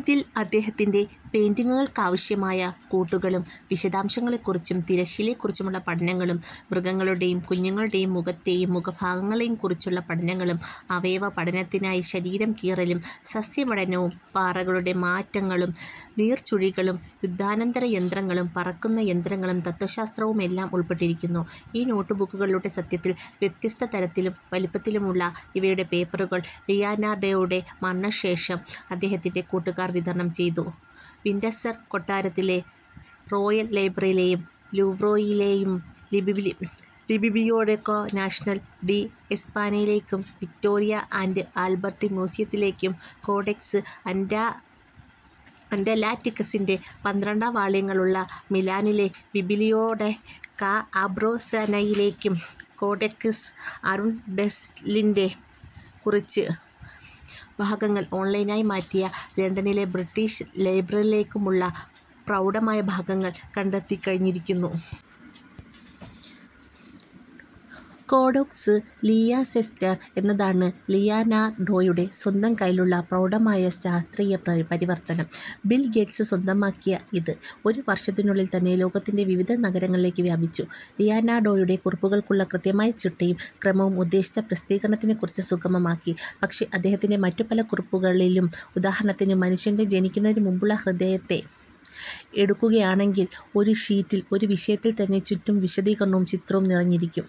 ഇതിൽ അദ്ദേഹത്തിന്റെ പെയിന്റിങ്ങുകൾക്കാവശ്യമായ കൂട്ടുകളും, വിശദാംശങ്ങളെകുറിച്ചും, തിരശ്ശീലയെകുറിച്ചുമുള്ള പഠനങ്ങളും, മൃഗങ്ങളുടേയും, കുഞ്ഞുങ്ങളുടേയും, മുഖത്തേയും, മുഖഭാവങ്ങളേയും കുറിച്ചുള്ള പഠനങ്ങളും, അവയവപഠനത്തിനായി ശരീരം കീറലും, സസ്യപഠനവും, പാറകളുടെ മാറ്റങ്ങളും, നീർച്ചുഴികളും, യുദ്ധാനന്തര യന്ത്രങ്ങളും, പറക്കുന്ന യന്ത്രങ്ങളും, തത്വശാസ്ത്രവുമെല്ലാം ഉൾപപെ്ട്ടിരിക്കുന്നു. ഈ നോട്ടുബുക്കുകളുടെ, — സത്യത്തിൽ, വ്യത്യസ്തതരത്തിലും, വലിപ്പത്തിലുമുള്ള ഇവയുടെ പേപ്പറുകൾ, ലിയനാർഡോയുടെ മരണശേഷം അദ്ദേഹത്തിന്റെ കൂട്ടുകാർ വിതരണം ചെയ്തു — വിന്റസർ കൊട്ടാരത്തിലെ റോയൽ ലൈബ്രറിയിലേയും, ലൂവ്രേയിലേയും,'ബിബിലിയോടെകാ നാഷ്ണൽ ഡി എസ്പാന'യിലേയും, വിക്ടോറിയ ആന്റ് ആൽബർട്ട് മ്യൂസിയത്തിലേയും, കോഡെക്സ് അറ്റലാന്റിക്കസിന്റെ പന്ത്രണ്ട വാള്യങ്ങൾ ഉള്ള മിലാനിലെ ബിബിലിയോടെകാ ആമ്പ്രോസിനയിലേയും, കോഡെക്സ് അരുൻഡെല്ലിന്റെ കുറച്ച് ഭാഗങ്ങൾ ഓൺലൈനായി മാറ്റിയ ലണ്ടണിലെ ബ്രിട്ടീഷ് ലൈബ്രറിയിലേയും ഉള്ള പ്രൗഢമായ ഭാഗങ്ങൾ കണ്ടെത്തികഴിഞ്ഞിരിക്കുന്നു. കോഡെക്സ് ലീയസെസ്റ്റർ എന്നതാണ് ലിയനാർഡോയുടെ സ്വന്തം കൈയ്യിലുള്ള പ്രൗഡമായ, ശാസ്ത്രീയ പരിവർത്തനം. ബിൽ ഗേറ്റ്സ് സ്വന്തമാക്കിയ ഇത്, ഒരു വർഷത്തിനുള്ളിൽതന്നെ ലോകത്തിന്റെ വിവിധ നഗരങ്ങളിലേക്ക് വ്യാപിച്ചു. ലിയനാർഡോയുടെ കുറിപ്പുകൾക്കുള്ള കൃത്യമായ ചിട്ടയും, ക്രമവും ഉദ്ദേശിച്ച പ്രസിദ്ധീകരണത്തിനെ കൂടുതൽ സുഗമമാക്കി. പക്ഷെ, അദ്ദേഹത്തിന്റെ മറ്റു പല കുറിപ്പുകളിലും, ഉദാഹരണത്തിന് മനുഷ്യന്റെ ജനിക്കുന്നതിനുമുമ്പുള്ള ഹൃദയത്തെ എടുക്കുകയാണെങ്കിൽ, ഒരു ഷീറ്റിൽ, ഒരു വിഷയത്തിൽ തന്നെ, ചുറ്റും വിശദീകരണവും, ചിത്രവും നിറഞ്ഞിരിക്കും.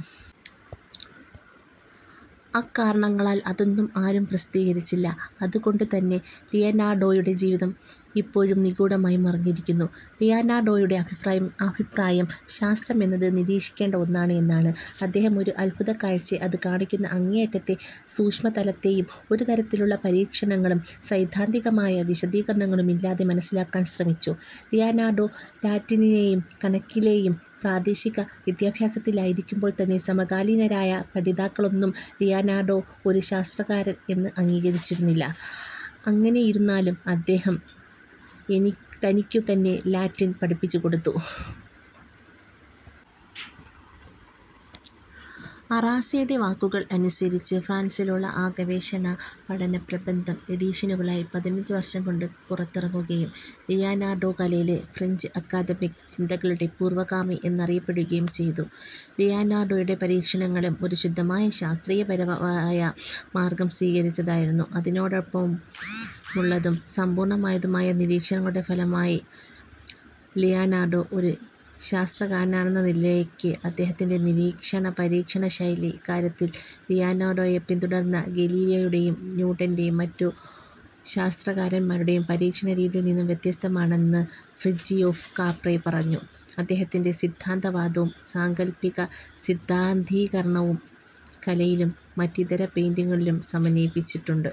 അക്കാരണങ്ങളാൽ അതൊന്നും, ആരും പ്രസിദ്ധീകരിച്ചില്ല, അതുകൊണ്ടുതന്നെ ലിയനാർഡോയുടെ ജീവിതം ഇപ്പോഴും നിഘൂഡമായി മറഞ്ഞിരിക്കുന്നു. ലിയനാർഡോയുടെ അഭിപ്രായം, ശാസ്ത്രമെന്നത് നിരീക്ഷിക്കേണ്ട ഒന്നാണ് എന്നാണ്:അദ്ദേഹം ഒരു അത്ഭുതകാഴ്ചയെ അത് കാണിക്കുന്ന അങ്ങേയറ്റത്തെ സൂ്ഷ്മതലത്തേയും ഒരുതരത്തിലുള്ള പരീക്ഷണങ്ങളും, സൈദ്ധാന്തികമായ വിശദീകരണങ്ങളും ഇല്ലാതെ മനസ്സിലാക്കാൻ ശ്രമിച്ചു. ലിയനാർഡോ ലാറ്റിനിലേയും കണക്കിലേയും പ്രാദേശിക വിദ്യഭ്യാസത്തിലായിരിക്കുമ്പോൾ തന്റെ സമകാലീനാരായാ പഠിതാക്കളൊന്നും ലിയനാർഡോ ഒരു ശാസ്ത്രകാരൻ എന്ന് അംഗീകരിച്ചിരുന്നില്ല, അ ങ്ങനെയിരുന്നാലും അദ്ദേഹം തനിക്കു തന്നെ ലാറ്റിൽ പഠിപ്പിച്ചുകൊടുത്തു. അറാസ്സെയുടെ വാക്കുകൾ അനുസരിച്ച്, ഫ്രാൻസിലുള്ള ആ ഗവേഷണപഠനപ്രബന്ധം എഡീഷനുകളായി, പതിനഞ്ച് വർഷം കൊണ്ട് പുറത്തിറങ്ങുകയും, ലിയനാർഡോ, "കലയിലെ ഫ്രെഞ്ച് ആക്കാദമിക്ക് ചിന്തകളുടെ പൂർവ്വഗാമി" എന്നറിയപ്പെടുകയും ചെയ്തു. ലിയനാർഡോയുടെ, പരീക്ഷണങ്ങളും, ഒരു ശുദ്ധമായ ശാസ്ത്രീയപരമായ മാർഗ്ഗം സ്വീകരിച്ചതായിരുന്നു, അതിനോടൊപ്പമുള്ളതും, സമ്പൂർണമായതുമായ നിരീക്ഷണങ്ങളുടെ ഫലമായി ലിയനാർഡോ ഒരു ശാസ്ത്രകരാനെന്ന് നിലയ്ക്ക്, അദ്ദേഹത്തിന്റെ നിരീക്ഷണ പരീക്ഷണ ശൈലി, ഇക്കാര്യത്തിൽ ലിയനാർഡോയെ പിൻതുടർന്ന ഗലീലിയോയുടേയും, ന്യൂട്ടന്റേയും മറ്റു ശാസ്ത്രകാരന്മാരുടേയും, പരീക്ഷണരീതിയിൽ നിന്നും വ്യത്യസ്തമാണെന്ന് ഫ്രിജിയോഫ് കാപ്ര പറഞ്ഞു, അദ്ദേഹത്തിന്റെ സിദ്ധാന്തവാദവും, സാങ്കൽപികസിദ്ധാന്തീകരണവും കലയിലും, മറ്റിതര പെയിന്റിങ്ങുകളിലും സമന്വയിപ്പിച്ചിട്ടുണ്ട്.